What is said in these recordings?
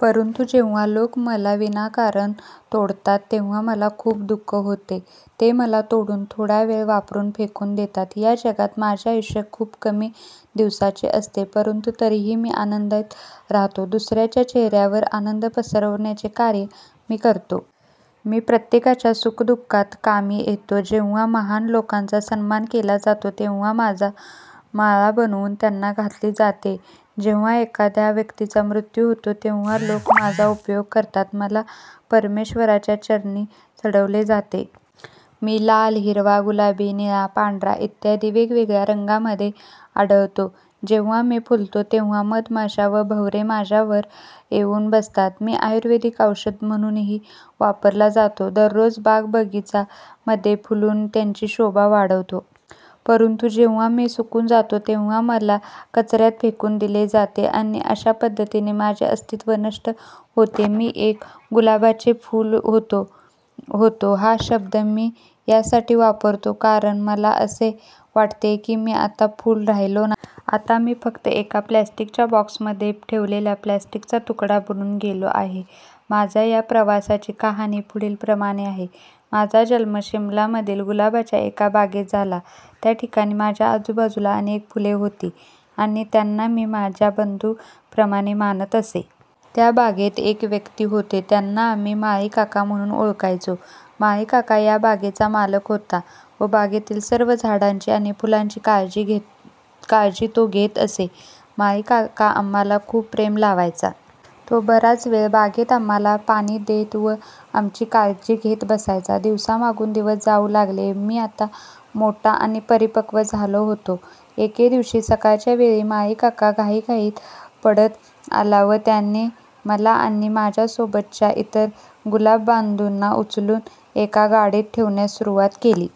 परंतु जेव्हा लोक मला विनाकारण तोडतात तेव्हा मला खूप दुःख होते ते मला तोडून थोडा वेळ वापरून फेकून देतात. या जगात माझे आयुष्य खूप कमी दिवसांचे असते, परंतु तरीही मी आनंदित राहतो. दुसऱ्यांच्या चेहर्यायावर आनंद पसरवण्याचे कार्य मी करतो. मी प्रत्येकाच्या सुख-दुःखात कामी येतो. जेव्हा महान लोकांचा सन्मान केला जातो तेव्हा माझी माळा बनवून त्यांना घातली जाते. जेव्हा एखाद्या व्यक्तीचा मृत्यू होतो तेव्हाही लोक माझा उपयोग करतात. मला परमेश्वराच्या चरणांमध्ये चढवले जाते. मी लाल, हिरवा, गुलाबी, निळा, पांढरा इत्यादी वेगवेगळ्या रंगांमध्ये आढळतो. जेव्हा मी फुलतो तेव्हा मधमाश्या व भवरे माझ्यावर येऊन बसतात. मी आयुर्वेदिक औषधी म्हणूनही वापरला जातो. दररोज बाग बगीचा मध्ये फुलून त्यांची शोभा वाढवतो. परंतु जेव्हा मी सुकून जातो तेव्हा मला कचर्यात फेकून दिले जाते आणि अशा पद्धतीने माझे अस्तित्व नष्ट होते. मी एक गुलाबाचे फुल होतो. "होतो" हा शब्द मी यासाठी वापरतो आहे कारण मला असे वाटते की मी आता फुल राहिलेलो नाही. आता मी फक्त एका प्लास्टिकच्या बॉक्समध्ये ठेवलेला प्लास्टिक चा तुकडा बनून गेलो आहे. माझ्या या प्रवासाची कहाणी पुढील प्रमाणे आहे. माझा जन्म शिमला मधील गुलाबाच्या एका बागेत झाला. त्या ठिकाणी माझ्या आजूबाजूला अनेक फुले होती आणि त्यांना मी माझ्या बंधू प्रमाणे मानत असे. त्या बागेत एक व्यक्ती होते त्यांना आम्ही माळी काका म्हणून ओळखायचो. माळी काका या बागेचा मालक होता. व बागेतील सर्व झाडांची आणि फुलांची काळजी तो घेत असे. माळी काका आम्हाला खूप प्रेम लावायचा. तो बराच वेळ बागेत आम्हाला पाणी देत व आमची काळजी घेत बसायचा. दिवसामागून दिवस जाऊ लागले. व मी आता मोठा आणि परिपक्व झालो होतो. एके दिवशी सकाळच्या वेळी माळी काका घाईघाईत पडत आला व त्याने मला आणि माझ्यासोबत च्या इतर गुलाब बंधूंना उचलून एका गाडीत ठेवण्यास सुरुवात केली.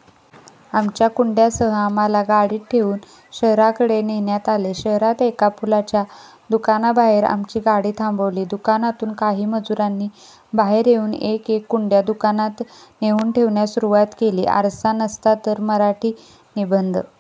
आमच्या कुंड्यांसह आम्हाला गाडीत ठेवून शहराकडे नेण्यात आले. शहरात एका फुलांच्या दुकानाबाहेर आमची गाडी थांबली. दुकानातून काही मजुरांनी बाहेर येऊन एक-एक कुंड्या दुकानात नेऊन ठेवण्यास सुरुवात केली. आरसा नसता तर मराठी निबंध <<वाचा येथे।